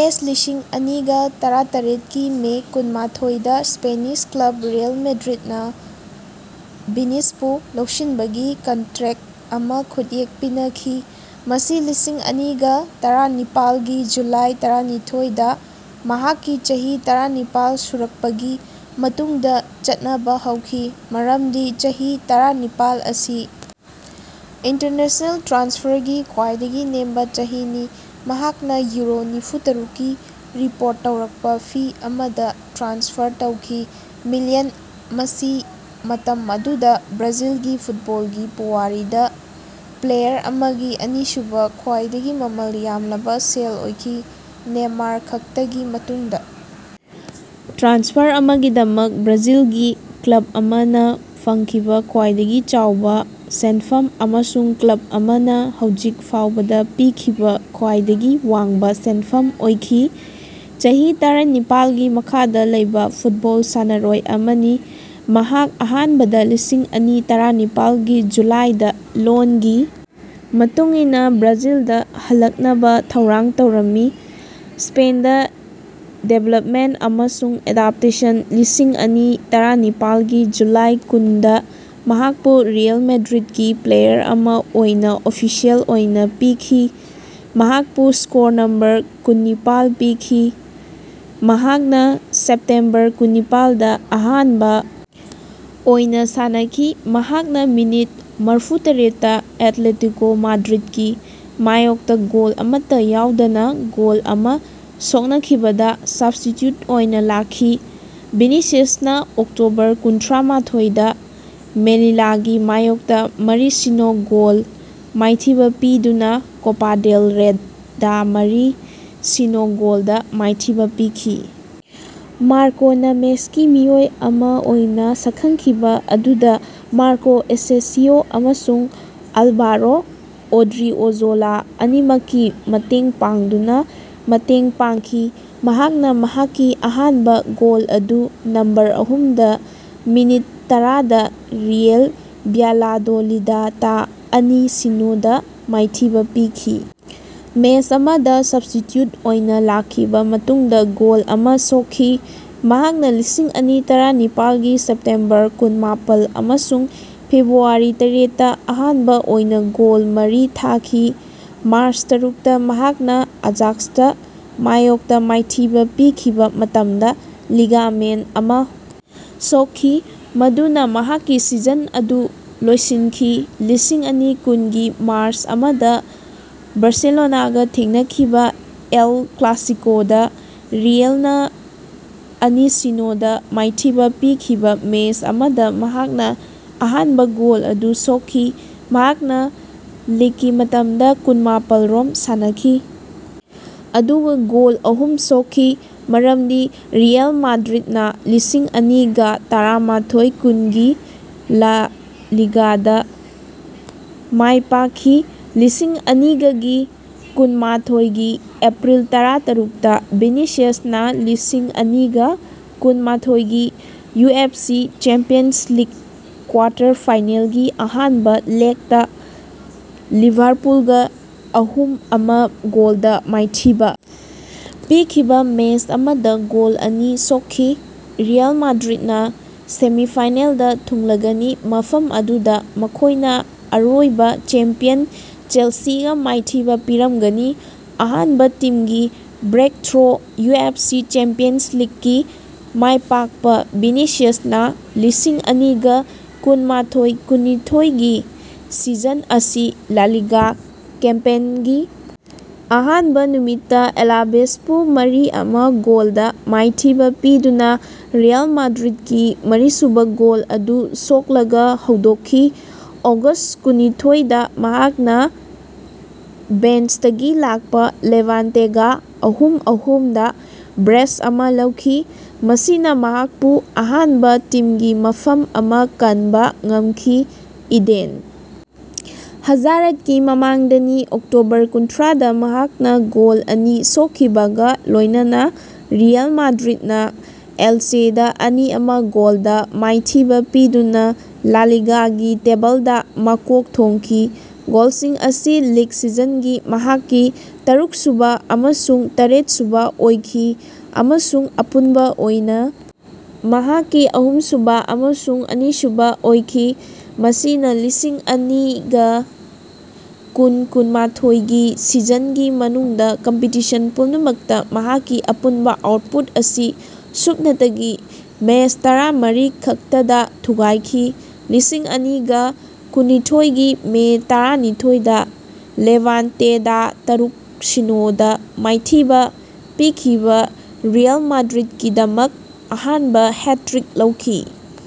ꯑꯦꯁ ꯂꯤꯁꯤꯡ ꯑꯅꯤꯒꯥ ꯇꯔꯥꯇꯔꯦꯠꯀꯤ ꯃꯦ ꯀꯨꯟꯍꯨꯝꯗꯣꯏꯗꯥ ꯁ꯭ꯄꯦꯅꯤꯁ ꯀ꯭ꯂꯕ ꯔꯤꯑꯦꯜ ꯃꯥꯗ꯭ꯔꯤꯠꯅꯥ ꯚꯤꯅꯤꯁꯤꯌꯁꯄꯨ ꯂꯧꯁꯤꯟꯕꯒꯤ ꯀꯟꯇ꯭ꯔꯦꯛ ꯑꯃ ꯈꯨꯠꯌꯦꯛ ꯄꯤꯅꯈꯤ, ꯃꯁꯤ ꯂꯤꯁꯤꯡ ꯑꯅꯤꯒꯥ ꯇꯔꯥꯅꯤꯄꯥꯜꯒꯤ ꯖꯨꯂꯥꯏ ꯇꯔꯥꯅꯤꯊꯣꯏꯗꯥ ꯃꯍꯥꯛꯀꯤ ꯆꯍꯤ ꯇꯔꯥꯅꯤꯄꯥꯜ ꯁꯨꯔꯛꯄꯒꯤ ꯃꯇꯨꯡꯗ ꯆꯠꯅꯕꯥ ꯍꯧꯈꯤ (ꯃꯔꯝꯗꯤ ꯆꯍꯤ ꯇꯔꯥꯅꯤꯄꯥꯜ ꯑꯁꯤ ꯏꯟꯇꯔꯅꯦꯁꯅꯦꯜ ꯇ꯭ꯔꯥꯟꯁꯐꯔꯒꯤ ꯈ꯭ꯋꯥꯏꯗꯒꯤ ꯅꯦꯝꯕꯥ ꯆꯍꯤꯅꯤ)꯫ ꯃꯍꯥꯛꯅ ꯌꯨꯔꯣ ꯅꯤꯐꯨꯇꯔꯨꯛꯀꯤ ꯔꯤꯄꯣꯔꯠ ꯇꯧꯔꯛꯄ ꯐꯤ ꯑꯃꯗ ꯇ꯭ꯔꯥꯟꯁꯐꯔ ꯇꯧꯈꯤ꯫ ꯃꯤꯂꯤꯌꯟ, ꯃꯁꯤ ꯃꯇꯝ ꯑꯗꯨꯗꯥ ꯕ꯭ꯔꯥꯖꯤꯜꯒꯤ ꯐꯨꯠꯕꯣꯜꯒꯤ ꯄꯨꯋꯥꯔꯤꯗꯥ ꯄ꯭ꯂꯦꯌꯥꯔ ꯑꯃꯒꯤ ꯑꯅꯤꯁꯨꯕ ꯈ꯭ꯋꯥꯏꯗꯒꯤ ꯃꯃꯜ ꯌꯥꯝꯂꯕ ꯁꯦꯜ ꯑꯣꯏꯈꯤ ( ꯅꯦꯃꯥꯔ ꯈꯛꯇꯒꯤ ꯃꯇꯨꯡꯗ), ꯇ꯭ꯔꯥꯟꯁꯐꯔ ꯑꯃꯒꯤꯗꯃꯛ ꯕ꯭ꯔꯥꯖꯤꯜꯒꯤ ꯀ꯭ꯂꯕ ꯑꯃꯅ ꯐꯪꯈꯤꯕ ꯈ꯭ꯋꯥꯏꯗꯒꯤ ꯆꯥꯎꯕ ꯁꯦꯟꯐꯝ, ꯑꯃꯁꯨꯡ ꯀ꯭ꯂꯕ ꯑꯃꯅ ꯍꯧꯖꯤꯛ ꯐꯥꯎꯕꯗ ꯄꯤꯈꯤꯕ ꯈ꯭ꯋꯥꯏꯗꯒꯤ ꯋꯥꯡꯕ ꯁꯦꯟꯐꯝ ꯑꯣꯏꯈꯤ꯫ ꯆꯍꯤ ꯇꯔꯥꯅꯤꯄꯥꯜꯒꯤ ꯃꯈꯥꯗ ꯂꯩꯕ ꯐꯨꯠꯕꯣꯜ ꯁꯥꯟꯅꯔꯣꯏ ꯑꯃꯅꯤ꯫ ꯃꯍꯥꯛ ꯑꯍꯥꯟꯕꯗ ꯂꯤꯁꯤꯡ ꯑꯅꯤ ꯇꯔꯥꯅꯤꯄꯥꯜꯒꯤ ꯖꯨꯂꯥꯏꯗꯥ ꯂꯣꯟꯒꯤ ꯃꯇꯨꯡ ꯏꯟꯅ ꯕ꯭ꯔꯥꯖꯤꯜꯗꯥ ꯍꯜꯂꯛꯅꯕꯥ ꯊꯧꯔꯥꯡ ꯇꯧꯔꯝꯃꯤ꯫ ꯁ꯭ꯄꯦꯟꯗꯥ ꯗꯤꯕꯦꯂꯞꯃꯦꯟ ꯑꯃꯁꯨꯡ ꯑꯦꯗꯞꯇꯦꯁꯟ ꯂꯤꯁꯤꯡ ꯑꯅꯤ ꯇꯔꯥꯅꯤꯄꯥꯜꯒꯤ ꯖꯨꯂꯥꯏ ꯀꯨꯟꯗꯥ ꯃꯍꯥꯛꯄꯨ ꯔꯤꯑꯦꯜ ꯃꯥꯗ꯭ꯔꯤꯠꯀꯤ ꯄ꯭ꯂꯦꯌꯥꯔ ꯑꯃ ꯑꯣꯏꯅ ꯑꯣꯐꯤꯁꯤꯑꯦꯜ ꯑꯣꯏꯅ ꯄꯤꯈꯤ꯫ ꯃꯍꯥꯛꯄꯨ ꯁ꯭ꯀꯣꯔ ꯅꯝꯕꯔ ꯀꯨꯟꯅꯤꯄꯥꯜ ꯄꯤꯈꯤ꯫ ꯃꯍꯥꯛꯅ ꯁꯦꯞꯇꯦꯝꯕꯔ ꯀꯨꯟꯅꯤꯄꯥꯜꯗ ꯑꯍꯥꯟꯕ ꯑꯣꯏꯅ ꯁꯥꯟꯅꯈꯤ, ꯃꯍꯥꯛꯅ ꯃꯤꯅꯤꯠ ꯃꯔꯐꯨꯇꯔꯦꯠꯇ ꯑꯦꯠꯂꯦꯇꯤꯀꯣ ꯃꯥꯗ꯭ꯔꯤꯗꯀꯤ ꯃꯥꯌꯣꯛꯇ ꯒꯣꯜ ꯑꯃꯠꯇ ꯌꯥꯎꯗꯅꯥ ꯒꯣꯜ ꯑꯃ ꯁꯣꯛꯅꯈꯤꯕꯗꯥ ꯁꯕꯁ꯭ꯇꯤꯆ꯭ꯌꯨꯠ ꯑꯣꯏꯅ ꯂꯥꯛꯈꯤ꯫ ꯚꯤꯅꯤꯁꯤꯌꯁꯅꯥ ꯑꯣꯛꯇꯣꯕꯔ ꯀꯨꯟꯊ꯭ꯔꯥꯃꯥꯊꯣꯏꯗ ꯃꯦꯂꯤꯂꯥꯒꯤ ꯃꯥꯌꯣꯛꯇ ꯃꯔꯤ-ꯁꯤꯅꯣ ꯒꯣꯜꯗ ꯃꯥꯏꯊꯤꯕ ꯄꯤꯗꯨꯅꯥ ꯀꯣꯄꯥ ꯗꯦꯜ ꯔꯦꯗꯥ ꯃꯔꯤ-ꯁꯤꯅꯣ ꯒꯣꯜꯗꯥ ꯃꯥꯏꯊꯤꯕꯥ ꯄꯤꯈꯤ, ꯃꯥꯔꯀꯣꯅꯥ ꯃꯦꯁꯀꯤ ꯃꯤꯑꯣꯏ ꯑꯃ ꯑꯣꯏꯅ ꯁꯛꯈꯪꯈꯤꯕꯥ ꯑꯗꯨꯗ ꯃꯥꯔꯀꯣ ꯑꯦꯁꯦꯟꯁꯤꯑꯣ ꯑꯃꯁꯨꯡ ꯑꯥꯜꯚꯥꯔꯣ ꯑꯣꯗ꯭ꯔꯤꯑꯣꯖꯣꯂꯥ ꯑꯅꯤꯃꯛꯀꯤ ꯃꯇꯦꯡ ꯄꯥꯡꯗꯨꯅ ꯃꯇꯦꯡ ꯄꯥꯡꯈꯤ꯫ ꯃꯍꯥꯛꯅ ꯃꯍꯥꯛꯀꯤ ꯑꯍꯥꯟꯕ ꯒꯣꯜ ꯑꯗꯨ ꯅꯕꯦꯝꯕꯔ ꯑꯍꯨꯝꯗ ꯃꯤꯅꯤꯠ ꯇꯔꯥꯗ ꯔꯤꯑꯦꯜ ꯚ꯭ꯌꯥꯂꯥꯗꯣꯂꯤꯗꯇꯥ ꯑꯅꯤ -ꯁꯤꯅꯣ ꯗꯥ ꯃꯥꯏꯊꯤꯕ ꯄꯤꯈꯤ ꯃꯦꯁ ꯑꯃꯗ ꯁꯕꯁ꯭ꯇꯤꯆ꯭ꯌꯨꯠ ꯑꯣꯏꯅ ꯂꯥꯛꯈꯤꯕ ꯃꯇꯨꯡꯗ ꯒꯣꯜ ꯑꯃ ꯁꯣꯛꯈꯤ꯫ ꯃꯍꯥꯛꯅ ꯂꯤꯁꯤꯡ ꯑꯅꯤ ꯇꯔꯥꯃꯥꯄꯜꯒꯤ ꯁꯦꯞꯇꯦꯝꯕꯔ ꯀꯨꯟꯃꯥꯄꯜ ꯑꯃꯁꯨꯡ ꯐꯦꯕ꯭ꯔꯨꯋꯥꯔꯤ ꯇꯔꯦꯠꯇ ꯑꯍꯥꯟꯕ ꯑꯣꯏꯅ ꯒꯣꯜ ꯃꯔꯤ ꯊꯥꯈꯤ꯫ ꯃꯥꯔꯆ ꯇꯔꯨꯛꯇ ꯃꯍꯥꯛꯅ ꯑꯖꯥꯛꯁꯇꯥ ꯃꯥꯌꯣꯛꯇ ꯃꯥꯏꯊꯤꯕ ꯄꯤꯈꯤꯕ ꯃꯇꯝꯗ ꯂꯤꯒꯥꯃꯦꯟ ꯑꯃ ꯁꯣꯛꯈꯤ, ꯃꯗꯨꯅ ꯃꯍꯥꯛꯀꯤ ꯁꯤꯖꯟ ꯑꯗꯨ ꯂꯣꯏꯁꯤꯟꯈꯤ꯫ ꯂꯤꯁꯤꯡ ꯑꯅꯤ ꯀꯨꯟꯒꯤ ꯃꯥꯔꯆ ꯑꯃꯗ ꯕꯥꯔꯁꯦꯂꯣꯅꯥꯒꯥ ꯊꯦꯡꯅꯈꯤꯕꯥ ꯑꯦꯜ ꯀ꯭ꯂꯥꯁꯤꯀꯣꯗꯥ ꯔꯤꯑꯦꯜꯅꯥ ꯑꯅꯤ-ꯁꯤꯅꯣ ꯗ ꯃꯥꯏꯊꯤꯕ ꯄꯤꯈꯤꯕ ꯃꯦꯁ ꯑꯃꯗ ꯃꯍꯥꯛꯅ ꯑꯍꯥꯟꯕ ꯒꯣꯜ ꯑꯗꯨ ꯁꯣꯛꯈꯤ꯫ ꯃꯍꯥꯛꯅ ꯂꯤꯛꯀꯤ ꯃꯇꯝꯗ ꯀꯨꯟꯃꯥꯄꯜ ꯔꯣꯝ ꯁꯥꯟꯅꯈꯤ, ꯑꯗꯨꯒ ꯒꯣꯜ ꯑꯍꯨꯝ ꯁꯣꯛꯈꯤ, ꯃꯔꯝꯗꯤ ꯔꯤꯑꯦꯜ ꯃꯥꯗ꯭ꯔꯤꯠꯅꯥ ꯂꯤꯁꯤꯡ ꯑꯅꯤꯒꯥ ꯇꯔꯥꯃꯥꯊꯣꯢ-ꯀꯨꯟꯒꯤ ꯂꯥ ꯂꯤꯒꯥꯗꯥ ꯃꯥꯏꯄꯥꯛꯈꯤ꯫ ꯂꯤꯁꯤꯡ ꯑꯅꯤꯒꯥꯒꯤ ꯀꯨꯟꯃꯥꯊꯣꯏꯒꯤ ꯑꯦꯄꯔꯤꯜ ꯇꯔꯨꯛꯇꯥ ꯚꯤꯅꯤꯁꯤꯌꯁꯅꯥ ꯂꯤꯁꯤꯡ ꯑꯅꯤꯒꯥ ꯀꯨꯟꯃꯥꯊꯣꯏꯒꯤ ꯌꯨꯑꯦꯐꯁꯤ ꯆꯦꯝꯄꯤꯌꯟꯁ ꯂꯤꯛ ꯀ꯭ꯋꯥꯇꯔ ꯐꯥꯏꯅꯦꯜꯒꯤ ꯑꯍꯥꯟꯕ ꯂꯦꯛꯇꯥ ꯂꯤꯚꯥꯔꯄꯨꯜꯒꯥ ꯑꯍꯨꯝ-ꯑꯃ ꯒꯣꯜꯗ ꯃꯥꯏꯊꯤꯕ ꯄꯤꯈꯤꯕ ꯃꯦꯁ ꯑꯃꯗ ꯒꯣꯜ ꯑꯅꯤ ꯁꯣꯛꯈꯤ꯫ ꯔꯤꯑꯦꯜ ꯃꯥꯗ꯭ꯔꯤꯠꯅꯥ ꯁꯦꯃꯤꯐꯥꯏꯅꯦꯜꯗꯥ ꯊꯨꯡꯂꯒꯅꯤ ꯃꯐꯝ ꯑꯗꯨꯗꯥ ꯃꯈꯣꯏꯅ ꯑꯔꯣꯏꯕ ꯆꯦꯝꯄꯤꯌꯟ ꯆꯦꯜꯁꯤꯒꯥ ꯃꯥꯏꯊꯤꯕ ꯄꯤꯔꯝꯒꯅꯤ꯫ꯑꯍꯥꯟꯕ ꯇꯤꯝꯒꯤ ꯕ꯭ꯔꯦꯛꯊ꯭ꯔꯣ, ꯌꯨꯑꯦꯐꯁꯤ ꯆꯦꯝꯄꯤꯌꯟꯁ ꯂꯤꯛꯀꯤ ꯃꯥꯏꯄꯥꯛꯄ ꯚꯤꯅꯤꯁꯤꯌꯁꯅꯥ ꯂꯤꯁꯤꯡ ꯑꯅꯤꯒꯥ ꯀꯨꯟꯃꯥꯊꯣꯏ-ꯀꯨꯟꯅꯤꯊꯣꯏꯒꯤ ꯁꯤꯖꯟ ꯑꯁꯤ ꯂꯥ ꯂꯤꯒꯥ ꯀꯦꯝꯄꯦꯟꯒꯤ ꯑꯍꯥꯟꯕ ꯅꯨꯃꯤꯠꯇꯥ ꯑꯂꯥꯚꯦꯁꯄꯨ ꯃꯔꯤ-ꯑꯃ ꯒꯣꯜꯗꯥ ꯃꯥꯏꯊꯤꯕ ꯄꯤꯗꯨꯅꯥ ꯔꯤꯑꯦꯜ ꯃꯥꯗ꯭ꯔꯤꯠꯀꯤ ꯃꯔꯤꯁꯨꯕ ꯒꯣꯜ ꯑꯗꯨ ꯁꯣꯛꯂꯒꯥ ꯍꯧꯗꯣꯛꯈꯤ꯫ ꯑꯣꯒꯁ ꯀꯨꯟꯅꯤꯊꯣꯏꯗꯥ ꯃꯍꯥꯛꯅ ꯕꯦꯟꯁꯇꯒꯤ ꯂꯥꯛꯄ ꯂꯦꯚꯥꯟꯇꯦꯒꯥ ꯑꯍꯨꯝ-ꯑꯍꯨꯝꯗꯥ ꯕ꯭ꯔꯦꯁ ꯑꯃ ꯂꯧꯈꯤ, ꯃꯁꯤꯅ ꯃꯍꯥꯛꯄꯨ ꯑꯍꯥꯟꯕ ꯇꯤꯝꯒꯤ ꯃꯐꯝ ꯑꯃ ꯀꯟꯕꯥ ꯉꯝꯈꯤ, ꯏꯗꯦꯟ ꯍꯥꯖꯥꯔꯠꯀꯤ ꯃꯃꯥꯡꯗꯅꯤ꯫ ꯑꯣꯛꯇꯣꯕꯔ ꯀꯨꯟꯊ꯭ꯔꯥꯗ ꯃꯍꯥꯛꯅ ꯒꯣꯜ ꯑꯅꯤ ꯁꯣꯛꯈꯤꯕꯒꯥ ꯂꯣꯏꯅꯅꯥ ꯔꯤꯑꯦꯜ ꯃꯥꯗ꯭ꯔꯤꯠꯅꯥ ꯑꯦꯜꯆꯦꯗꯥ ꯑꯅꯤ-ꯑꯃ ꯒꯣꯜꯗꯥ ꯃꯥꯏꯊꯤꯕ ꯄꯤꯗꯨꯅ ꯂꯥ ꯂꯤꯒꯥꯒꯤ ꯇꯦꯕꯜꯗꯥ ꯃꯀꯣꯛ ꯊꯣꯡꯈꯤ꯫ ꯒꯣꯜꯁꯤꯡ ꯑꯁꯤ ꯂꯤꯛ ꯁꯤꯖꯟꯒꯤ ꯃꯍꯥꯛꯀꯤ ꯇꯔꯨꯛꯁꯨꯕꯥ ꯑꯃꯁꯨꯡ ꯇꯔꯦꯠꯁꯨꯕꯥ ꯑꯣꯏꯈꯤ ꯑꯃꯁꯨꯡ ꯑꯄꯨꯟꯕ ꯑꯣꯏꯅ ꯃꯍꯥꯛꯀꯤ ꯑꯍꯨꯝꯁꯨꯕ ꯑꯃꯁꯨꯡ ꯑꯅꯤꯁꯨꯕ ꯑꯣꯏꯈꯤ, ꯃꯁꯤꯅ ꯂꯤꯁꯤꯡ ꯑꯅꯤꯒꯥ ꯀꯨꯟ- ꯀꯨꯟꯃꯥꯊꯣꯏꯒꯤ ꯁꯤꯖꯟꯒꯤ ꯃꯅꯨꯡꯗ ꯀꯝꯄꯤꯇꯤꯁꯟ ꯄꯨꯝꯅꯃꯛꯇ ꯃꯍꯥꯛꯀꯤ ꯑꯄꯨꯟꯕ ꯑꯥꯎꯠꯄꯨꯠ ꯑꯁꯤ ꯁꯨꯞꯅꯇꯒꯤ ꯃꯦꯁ ꯇꯔꯥꯃꯔꯤ ꯈꯛꯇꯗꯥ ꯊꯨꯒꯥꯏꯈꯤ꯫ ꯂꯤꯁꯤꯡ ꯑꯅꯤꯒꯥ ꯀꯨꯟꯅꯤꯊꯣꯏꯒꯤ ꯃꯦ ꯇꯔꯥꯅꯤꯊꯣꯏꯗ ꯂꯦꯚꯥꯟꯇꯦꯗꯥ ꯇꯔꯨꯛ-ꯁꯤꯅꯣ ꯗꯥ ꯃꯥꯏꯊꯤꯕꯥ ꯄꯤꯈꯤꯕ ꯔꯤꯑꯦꯜ ꯃꯥꯗ꯭ꯔꯤꯠꯀꯤꯗꯃꯛ ꯑꯍꯥꯟꯕ ꯍꯦꯠꯇ꯭ꯔꯤꯛ ꯂꯧꯈꯤ꯫